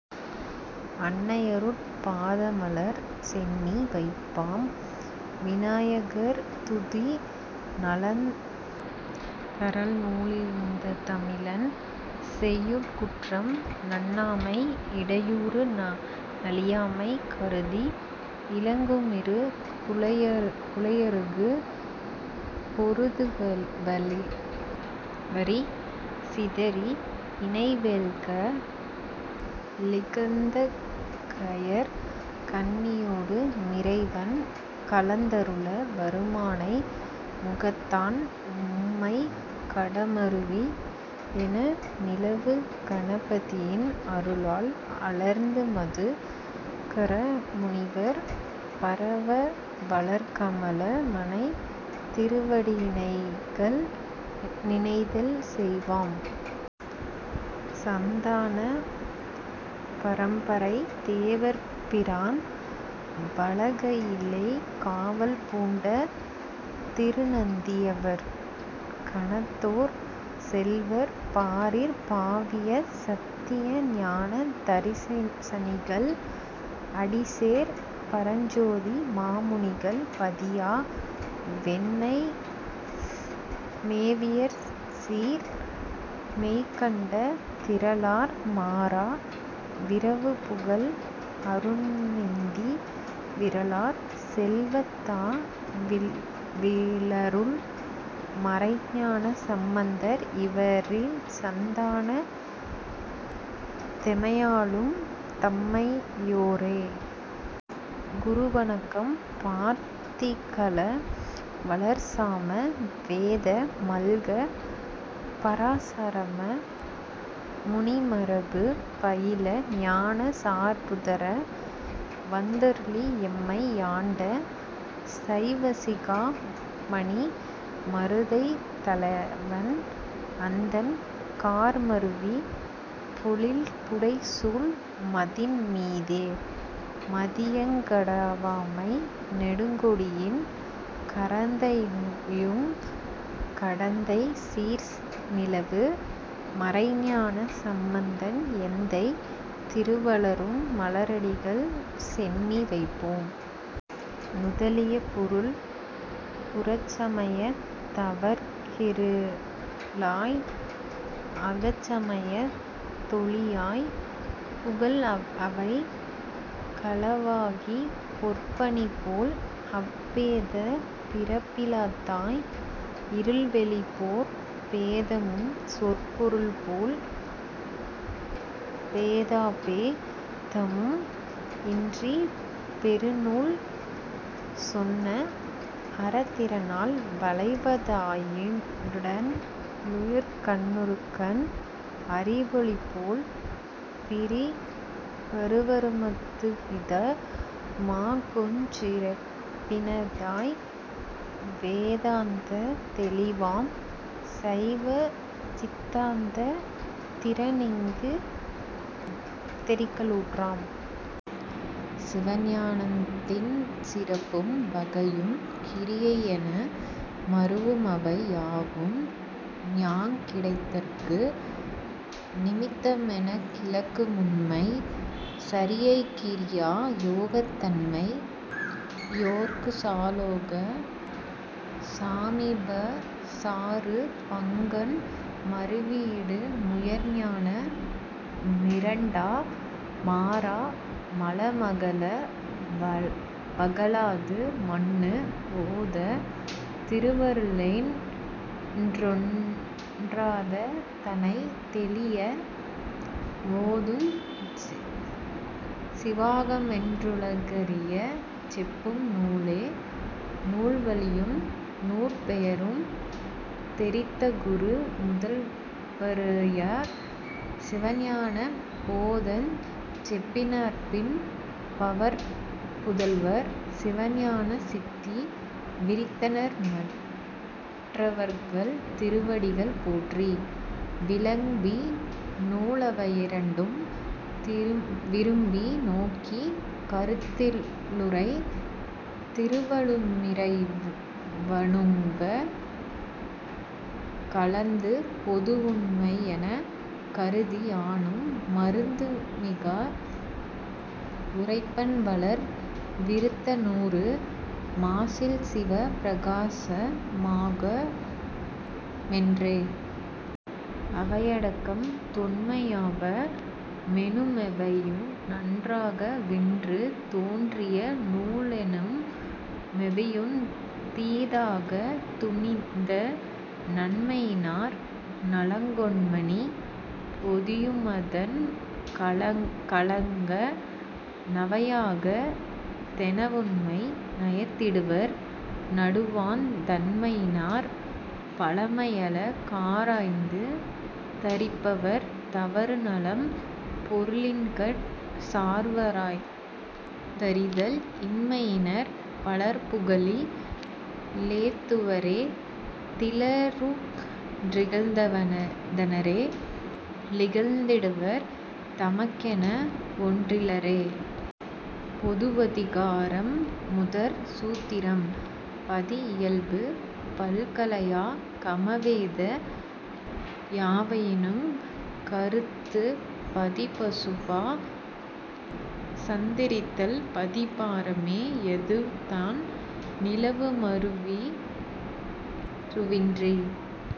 அன்னையருட் பாதமலர் சென்னி வைப்பாம். விநாயகர் துதி நலந்தரல்நூ லிருந்தமிழின் செய்யுட் குற்றம் நண்ணாமை இடையூறு நலியாமை கருதி இலங்குமிருகுழையரு குழையருகு பொருதுவரி சிதறி இணைவேல்க ளிகழ்ந்தகயற் கண்ணியொடு மிறைவன் கலந்தருள வருமானை முகத்தான் மும்மைக் கடமருவி யெனநிலவு கணபதியின் அருளால் அலர்ந்துமது கரமுனிவர் பரவவளர் கமல மனைதிரு வடியினைகள் நினைதல் செய்வாம். சந்தான பரம்பரை தேவர்பிரான் வளகயிலைக் காவல் பூண்ட திருநந்தி யவர்கணத்தோர் செல்வர் பாரிற் பாவியசத் தியஞான தரிசனிகள் அடிசேர் பரஞ்சோதி மாமுனிகள் பதியா வெண்ணை மேவியசீர் மெய்கண்ட திறலார் மாறா விரவுபுகழ் அருண்ணிந்தி விறலார் செல்வத் தாவிலருள் மறைஞான சம்பந்தர் இவரிச் சந்தானத் தெமையாளும் தன்மை யோரே. குரு வணக்கம் பார்திகழ வளர்சாம வேத மல்கப் பராசரமா முனிமரபு பயில ஞானச் சார்புதர வந்தருளி எம்மை யாண்ட சைவசிகா மணிமருதைத் தலவன் அந்தன் கார்மருவி பொழில்புடைசூழ் மதின்மீதே மதியங் கடவாமை நெடுங்கொடியின் கரந்தகையுங் கடந்தைச் சீர்நிலவு மறைஞான சம்பந்தன் எந்தை திருவளரும் மலரடிகள் சென்னி வைப்போம். நுதலிய பொருள் புறச்சமயத் தவர்க்கிருளாய் அகச்சமயத் தொளியாய்ப் புகல் அவைக் களவாகிப் பொற்பணிபோல் அபேதப் பிறப்பிலதாய் இருள்வெளிபோற் பேதமும் சொற் பொருள்போல் பேதாபே தமும் இன்றிப் பெருநூல் சொன்ன அறத்திறனால் வளைவதா யுடலுயிர்கண் ணருக்கன் அறிவொளிபோல் பிறிவருவருமத் துவித மாகுஞ் சிறப்பினதாய் வேதாந்தத் தெளிவாம் சைவ சித்தாந்தத் திறன்இங்குத் தெரிக்கலுற்றாம். சிவஞானத்தின் சிறப்பும் வகையும் கிரியையென மருவுமவை யாவும் ஞாங் கிடைத்தற்கு நிமித்தமெனக்கிளக்குமுண்மைச் சரியைகிரி யாயோகத் தன்மையோர்க்குச் சாலோக சாமீப சாரூ பங்கண் மருவியிடு முயர்ஞான மிரண்டா மாறா மலமகல வகலாது மன்னு போதத் திருவருளொன் றொன்றாததனைத் தெளிய வோதுஞ் சிவாகமமென் றுலகறியச் செப்பும் நூலே. நூல்வழியும் நூற்பெயரும் தெரித்தகுரு முதல்வருயர் சிவஞான போதஞ் செப்பினர்பின் பவர்புதல்வர் சிவஞான சித்தி விரித்தனர்மற் றவர்கள்திரு வடிகள் போற்றி விளம்பிநூ லவையிரண்டும்திரும்பி விரும்பினோக்கிக் கருத்தில்லுறை திருவருளு மிறைவ னூங்க கலந்துபொது வுண்மையெனக் கருதி யானு மருத்திமிக வுரைப்பன்வளர் விருத்த நூறு மாசில்சிவப் பிரகாச மாகு மென்றே. அவையடக்கம் தொன்மையவா மெனுமெவையு நன்றாகா வின்று தோன்றியநூ லெனுமெவையுந் தீதாகா துணிந்த நன்மையினார் நலங்கொண்மணி பொதியுமதன் களங்க நவையாகா தெனவுண்மை நயந்திடுவர் நடுவாந் தன்மையினார் பழமையழ காராய்ந்து தரிப்பர் தவறுநலம் பொருளின்கட் சார்வாராய்ந்தறிதல் இன்மையினார் பலர்புகழி லேத்துவரே திலருற் றிகழ்ந்தனரே லிகழ்ந்திடுவர் தமக்கென வொன் றிலரே. பொது வதிகாரம் முதற் சூத்திரம்.பதி இயல்பு பல்கலையா கமவேத மியாவையினுங் கருத்துப் பதிபசுபா சந்தெரித்தல்பதிபாரமே யதுதான் நிலவுமரு வுருவின்றிக்